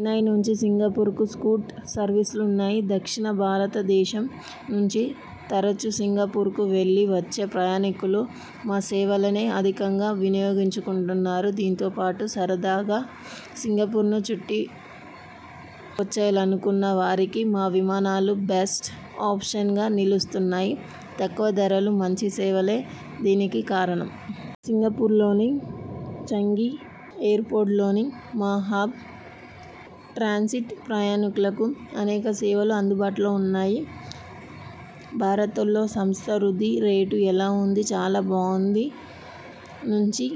చెన్నై నుంచి సింగపూర్కు 'స్కూట్' సర్వీసులున్నాయి. దక్షిణ భారత దేశం నుంచి తరచూ సింగపూర్కు వెళ్లి, వచ్చే ప్రయాణికులు మా సేవలనే అధికంగా వినియోగించుకుంటున్నారు. దీంతో పాటు సరదాగా సింగపూర్ను చుట్టి వచ్చేయాలనుకున్న వారికీ మా విమానాలు బెస్ట్ ఆప్షన్గా నిలుస్తున్నాయి. తక్కువ ధరలు, మంచి సేవలే దీనికి కారణం. ఇక సింగపూర్లోని చాంగి ఎయిర్పోర్టులోని మా హబ్ 'ట్రాన్సిట్' ప్రయాణికులకు అనేక సేవలు అందుబాటులో ఉన్నాయి. భారత్లో సంస్థ వృద్ధి రేటు ఎలా ఉంది? చాలా బాగుంది. నుంచి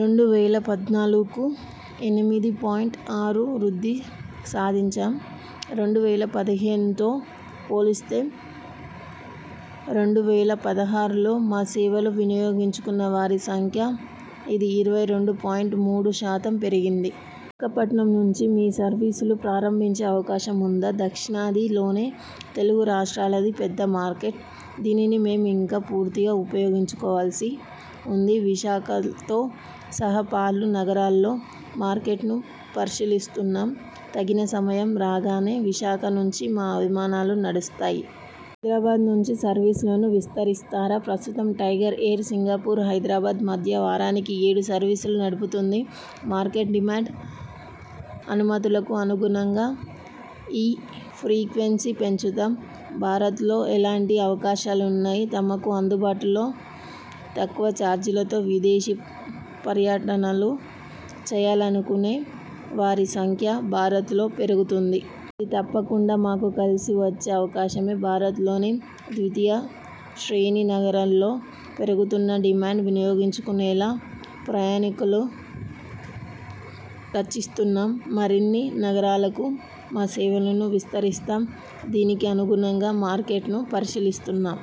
రెండు వేల పద్నాలుగుకు ఎనిమిది పాయింట్ ఆరు వృద్ధి సాధించాం. రెండు వేల పదిహేనుతో పోల్చితే రెండు వేల పదహారులో మా సేవలు వినియోగించుకున్న వారి సంఖ్య ఇది ఇరవై రెండు పాయింట్ మూడు శాతం పెరిగింది. విశాఖపట్నం నుంచి మీ సర్వీసులు ప్రారంభించే అవకాశం ఉందా? దక్షిణాది లోనే తెలుగు రాష్ట్రాలది పెద్ద మార్కెట్. దీనిని మేం ఇంకా పూర్తిగా ఉపయోగించుకోవాల్సి ఉంది. విశాఖతో సహా పలు నగరాల్లో మార్కెట్ను పరిశీలిస్తున్నాం. తగిన సమయం రాగానే విశాఖ నుంచి మా విమానాలు నడుస్తాయి. హైదరాబాద్ నుంచి సర్వీసులను విస్తరిస్తారా? ప్రస్తుతం టైగర్ ఎయిర్ సింగపూర్-హైదరాబాద్ మధ్య వారానికి ఏడు సర్వీసులు నడుపుతోంది. మార్కెట్ డిమాండ్, అనుమతులకు అనుగుణంగా ఈ ఫ్రీక్వెన్సీ పెంచుతాం. భారత్లో ఎలాంటి అవకాశాలున్నాయి? తమకు అందుబాటులో, తక్కువ చార్జీలతో విదేశీ పర్యటనలు చేయాలనుకునే వారి సంఖ్య భారత్లో పెరుగుతోంది. ఇది తప్పకుండా మాకు కలిసి వచ్చే అవకాసమే భారత్లోని ద్వితీయ శ్రేణి నగరాల్లో పెరుగుతున్న డిమాండ్ వినియోగించుకునేలా ప్రయాణికులు రచిస్తున్నాం. మరిన్ని నగరాలకు మా సేవలను విస్తరిస్తాం. దీనికి అనుగుణంగా మార్కెట్ను పరిశీలిస్తున్నాం.